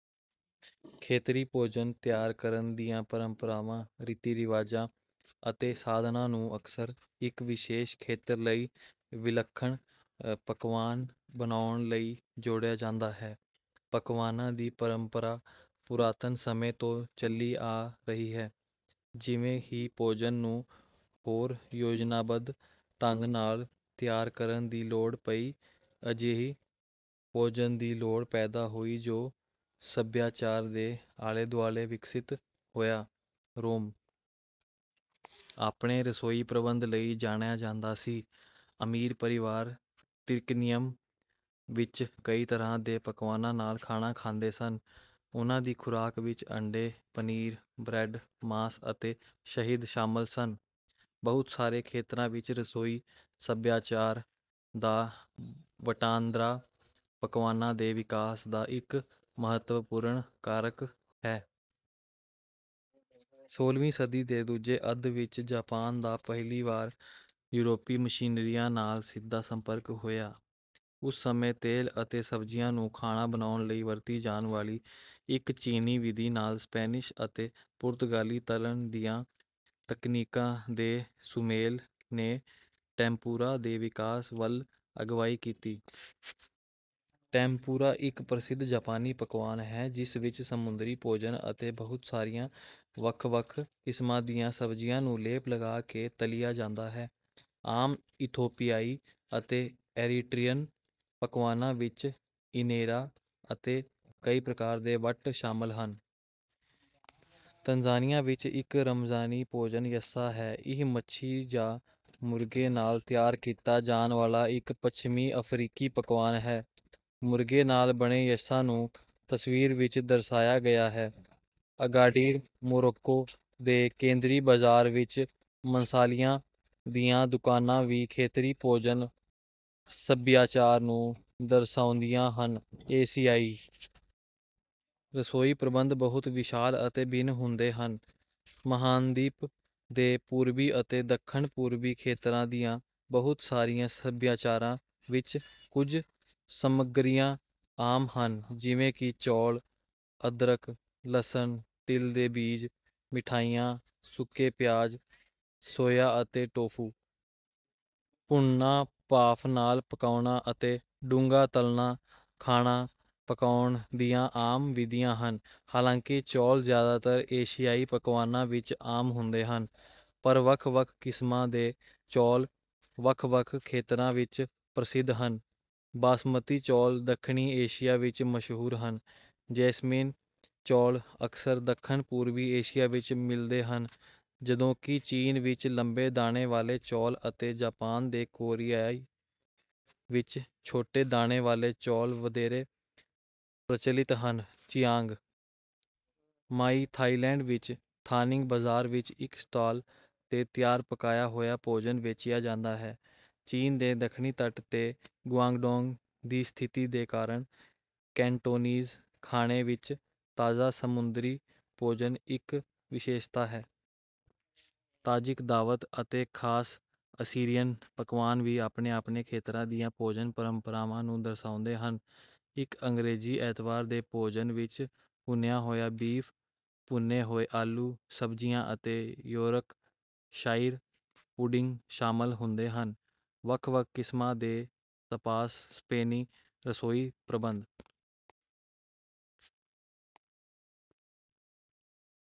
ਖੇਤਰੀ ਭੋਜਨ ਤਿਆਰ ਕਰਨ ਦੀਆਂ ਪਰੰਪਰਾਵਾਂ, ਰੀਤੀ-ਰਿਵਾਜਾਂ ਅਤੇ ਸਾਧਨਾਂ ਨੂੰ ਅਕਸਰ ਇੱਕ ਵਿਸ਼ੇਸ਼ ਖੇਤਰ ਲਈ ਵਿਲੱਖਣ ਪਕਵਾਨ ਬਣਾਉਣ ਲਈ ਜੋੜਿਆ ਜਾਂਦਾ ਹੈ। ਪਕਵਾਨਾਂ ਦੀ ਪਰੰਪਰਾ ਪੁਰਾਤਨ ਸਮੇਂ ਤੋਂ ਚੱਲੀ ਆ ਰਹੀ ਹੈ। ਜਿਵੇਂ ਹੀ ਭੋਜਨ ਨੂੰ ਹੋਰ ਯੋਜਨਾਬੱਧ ਢੰਗ ਨਾਲ ਤਿਆਰ ਕਰਨ ਦੀ ਲੋੜ ਪਈ, ਅਜਿਹੇ ਭੋਜਨ ਦੀ ਲੋੜ ਪੈਦਾ ਹੋਈ ਜੋ ਸੱਭਿਆਚਾਰ ਦੇ ਆਲੇ-ਦੁਆਲੇ ਵਿਕਸਤ ਹੋਇਆ। ਰੋਮ ਆਪਣੇ ਰਸੋਈ ਪ੍ਰਬੰਧ ਲਈ ਜਾਣਿਆ ਜਾਂਦਾ ਸੀ। ਅਮੀਰ ਪਰਿਵਾਰ ਤਿਰਕਿਨਿਅਮ ਵਿੱਚ ਕਈ ਤਰ੍ਹਾਂ ਦੇ ਪਕਵਾਨਾਂ ਨਾਲ ਖਾਣਾ ਖਾਂਦੇ ਸਨ। ਉਨ੍ਹਾਂ ਦੀ ਖੁਰਾਕ ਵਿੱਚ ਅੰਡੇ, ਪਨੀਰ, ਬਰੈੱਡ, ਮਾਸ ਅਤੇ ਸ਼ਹਿਦ ਸ਼ਾਮਲ ਸਨ। ਬਹੁਤ ਸਾਰੇ ਖੇਤਰਾਂ ਵਿੱਚ ਰਸੋਈ ਸੱਭਿਆਚਾਰ ਦਾ ਵਟਾਂਦਰਾ ਪਕਵਾਨਾਂ ਦੇ ਵਿਕਾਸ ਦਾ ਇੱਕ ਮਹੱਤਵਪੂਰਨ ਕਾਰਕ ਹੈ। ਸੋਲ੍ਹਵੀਂ ਸਦੀ ਦੇ ਦੂਜੇ ਅੱਧ ਵਿੱਚ ਜਾਪਾਨ ਦਾ ਪਹਿਲੀ ਵਾਰ ਯੂਰਪੀ ਮਿਸ਼ਨਰੀਆਂ ਨਾਲ ਸਿੱਧਾ ਸੰਪਰਕ ਹੋਇਆ। ਉਸ ਸਮੇਂ ਤੇਲ ਅਤੇ ਸਬਜ਼ੀਆਂ ਨੂੰ ਖਾਣਾ ਬਣਾਉਣ ਲਈ ਵਰਤੀ ਜਾਣ ਵਾਲੀ ਇੱਕ ਚੀਨੀ ਵਿਧੀ ਨਾਲ ਸਪੈਨਿਸ਼ ਅਤੇ ਪੁਰਤਗਾਲੀ ਤਲ਼ਣ ਦੀਆਂ ਤਕਨੀਕਾਂ ਦੇ ਸੁਮੇਲ ਨੇ ਟੈਂਮਪੂਰਾ ਦੇ ਵਿਕਾਸ ਵੱਲ ਅਗਵਾਈ ਕੀਤੀ। ਟੈਂਮਪੂਰਾ ਇੱਕ ਪ੍ਰਸਿੱਧ ਜਾਪਾਨੀ ਪਕਵਾਨ ਹੈ, ਜਿਸ ਵਿੱਚ ਸਮੁੰਦਰੀ ਭੋਜਨ ਅਤੇ ਬਹੁਤ ਸਾਰੀਆਂ ਵੱਖ-ਵੱਖ ਕਿਸਮਾਂ ਦੀਆਂ ਸਬਜ਼ੀਆਂ ਨੂੰ ਲੇਪ ਲਗਾ ਕੇ ਤਲਿਆ ਜਾਂਦਾ ਹੈ। ਆਮ ਇਥੋਪੀਆਈ ਅਤੇ ਏਰੀਟ੍ਰੀਅਨ ਪਕਵਾਨਾਂ ਵਿੱਚ ਇਨੇਰਾ ਅਤੇ ਕਈ ਪ੍ਰਕਾਰ ਦੇ ਵੱਟ ਸ਼ਾਮਲ ਹਨ। ਤਨਜ਼ਾਨੀਆ ਵਿੱਚ ਇੱਕ ਰਮਜ਼ਾਨੀ ਭੋਜਨ ‘ਯੱਸਾ’ ਹੈ। ਇਹ ਮੱਛੀ ਜਾਂ ਮੁਰਗੇ ਨਾਲ ਤਿਆਰ ਕੀਤਾ ਜਾਣ ਵਾਲਾ ਇੱਕ ਪੱਛਮੀ ਅਫ਼ਰੀਕੀ ਪਕਵਾਨ ਹੈ। ਮੁਰਗੇ ਨਾਲ ਬਣੇ ਯੱਸਾ ਨੂੰ ਤਸਵੀਰ ਵਿੱਚ ਦਰਸਾਇਆ ਗਿਆ ਹੈ। ਅਗਾਡਿਰ, ਮੋਰੋਕੋ ਦੇ ਕੇਂਦਰੀ ਬਾਜ਼ਾਰ ਵਿੱਚ ਮਸਾਲਿਆਂ ਦੀਆਂ ਦੁਕਾਨਾਂ ਵੀ ਖੇਤਰੀ ਭੋਜਨ-ਸੱਭਿਆਚਾਰ ਨੂੰ ਦਰਸਾਉਂਦੀਆਂ ਹਨ। ਏਸ਼ੀਆਈ ਰਸੋਈ ਪ੍ਰਬੰਧ ਬਹੁਤ ਵਿਸ਼ਾਲ ਅਤੇ ਭਿੰਨ ਹੁੰਦੇ ਹਨ। ਮਹਾਂਦੀਪ ਦੇ ਪੂਰਬੀ ਅਤੇ ਦੱਖਣ-ਪੂਰਬੀ ਖੇਤਰਾਂ ਦੀਆਂ ਬਹੁਤ ਸਾਰੀਆਂ ਸੱਭਿਆਚਾਰਾਂ ਵਿੱਚ ਕੁਝ ਸਮੱਗਰੀਆਂ ਆਮ ਹਨ, ਜਿਵੇਂ ਕਿ ਚੌਲ, ਅਦਰਕ, ਲਸਣ, ਤਿਲ ਦੇ ਬੀਜ, ਮਿਠਾਈਆਂ, ਸੁੱਕੇ ਪਿਆਜ਼, ਸੋਇਆ ਅਤੇ ਟੋਫੂ। ਭੁੰਨਣਾ, ਭਾਫ਼ ਨਾਲ ਪਕਾਉਣਾ ਅਤੇ ਡੂੰਘਾ ਤਲ਼ਣਾ ਖਾਣਾ ਪਕਾਉਣ ਦੀਆਂ ਆਮ ਵਿਧੀਆਂ ਹਨ। ਹਾਲਾਂਕਿ ਚੌਲ ਜ਼ਿਆਦਾਤਰ ਏਸ਼ੀਆਈ ਪਕਵਾਨਾਂ ਵਿੱਚ ਆਮ ਹੁੰਦੇ ਹਨ, ਪਰ ਵੱਖ-ਵੱਖ ਕਿਸਮਾਂ ਦੇ ਚੌਲ ਵੱਖ-ਵੱਖ ਖੇਤਰਾਂ ਵਿੱਚ ਪ੍ਰਸਿੱਧ ਹਨ। ਬਾਸਮਤੀ ਚੌਲ ਦੱਖਣੀ ਏਸ਼ੀਆ ਵਿੱਚ ਮਸ਼ਹੂਰ ਹਨ, ਜੈਸਮੀਨ ਚੌਲ ਅਕਸਰ ਦੱਖਣ-ਪੂਰਬੀ ਏਸ਼ੀਆ ਵਿੱਚ ਮਿਲਦੇ ਹਨ, ਜਦੋਂਕਿ ਚੀਨ ਵਿੱਚ ਲੰਬੇ ਦਾਣੇ ਵਾਲੇ ਚੌਲ ਅਤੇ ਜਾਪਾਨ ਤੇ ਕੋਰੀਆ ਵਿੱਚ ਛੋਟੇ ਦਾਣੇ ਵਾਲੇ ਚੌਲ ਵਧੇਰੇ ਪ੍ਰਚਲਿਤ ਹਨ। ਚਿਆਂਗ ਮਾਈ, ਥਾਈਲੈਂਡ ਵਿੱਚ ਥਾਨਿੰਗ ਬਾਜ਼ਾਰ ਵਿੱਚ ਇੱਕ ਸਟਾਲ ’ਤੇ ਤਿਆਰ ਪਕਾਇਆ ਹੋਇਆ ਭੋਜਨ ਵੇਚਿਆ ਜਾਂਦਾ ਹੈ। ਚੀਨ ਦੇ ਦੱਖਣੀ ਤੱਟ ’ਤੇ ਗੁਆਂਗਡੋਂਗ ਦੀ ਸਥਿਤੀ ਦੇ ਕਾਰਨ, ਕੈਂਟੋਨੀਜ਼ ਖਾਣੇ ਵਿੱਚ ਤਾਜ਼ਾ ਸਮੁੰਦਰੀ ਭੋਜਨ ਇੱਕ ਵਿਸ਼ੇਸ਼ਤਾ ਹੈ। ਤਾਜਿਕ ਦਾਵਤ ਅਤੇ ਖਾਸ ਅਸੀਰੀਅਨ ਪਕਵਾਨ ਵੀ ਆਪਣੇ-ਆਪਣੇ ਖੇਤਰਾਂ ਦੀਆਂ ਭੋਜਨ ਪਰੰਪਰਾਵਾਂ ਨੂੰ ਦਰਸਾਉਂਦੇ ਹਨ। ਇੱਕ ਅੰਗਰੇਜ਼ੀ ਐਤਵਾਰ ਦੇ ਭੋਜਨ ਵਿੱਚ ਭੁੰਨਿਆ ਹੋਇਆ ਬੀਫ, ਭੁੰਨੇ ਹੋਏ ਆਲੂ, ਸਬਜ਼ੀਆਂ ਅਤੇ ਯੌਰਕਸ਼ਾਇਰ ਪੁਡਿੰਗ ਸ਼ਾਮਲ ਹੁੰਦੇ ਹਨ। ਵੱਖ-ਵੱਖ ਕਿਸਮਾਂ ਦੇ ਤਪਾਸ ਸਪੇਨੀ ਰਸੋਈ ਪ੍ਰਬੰਧ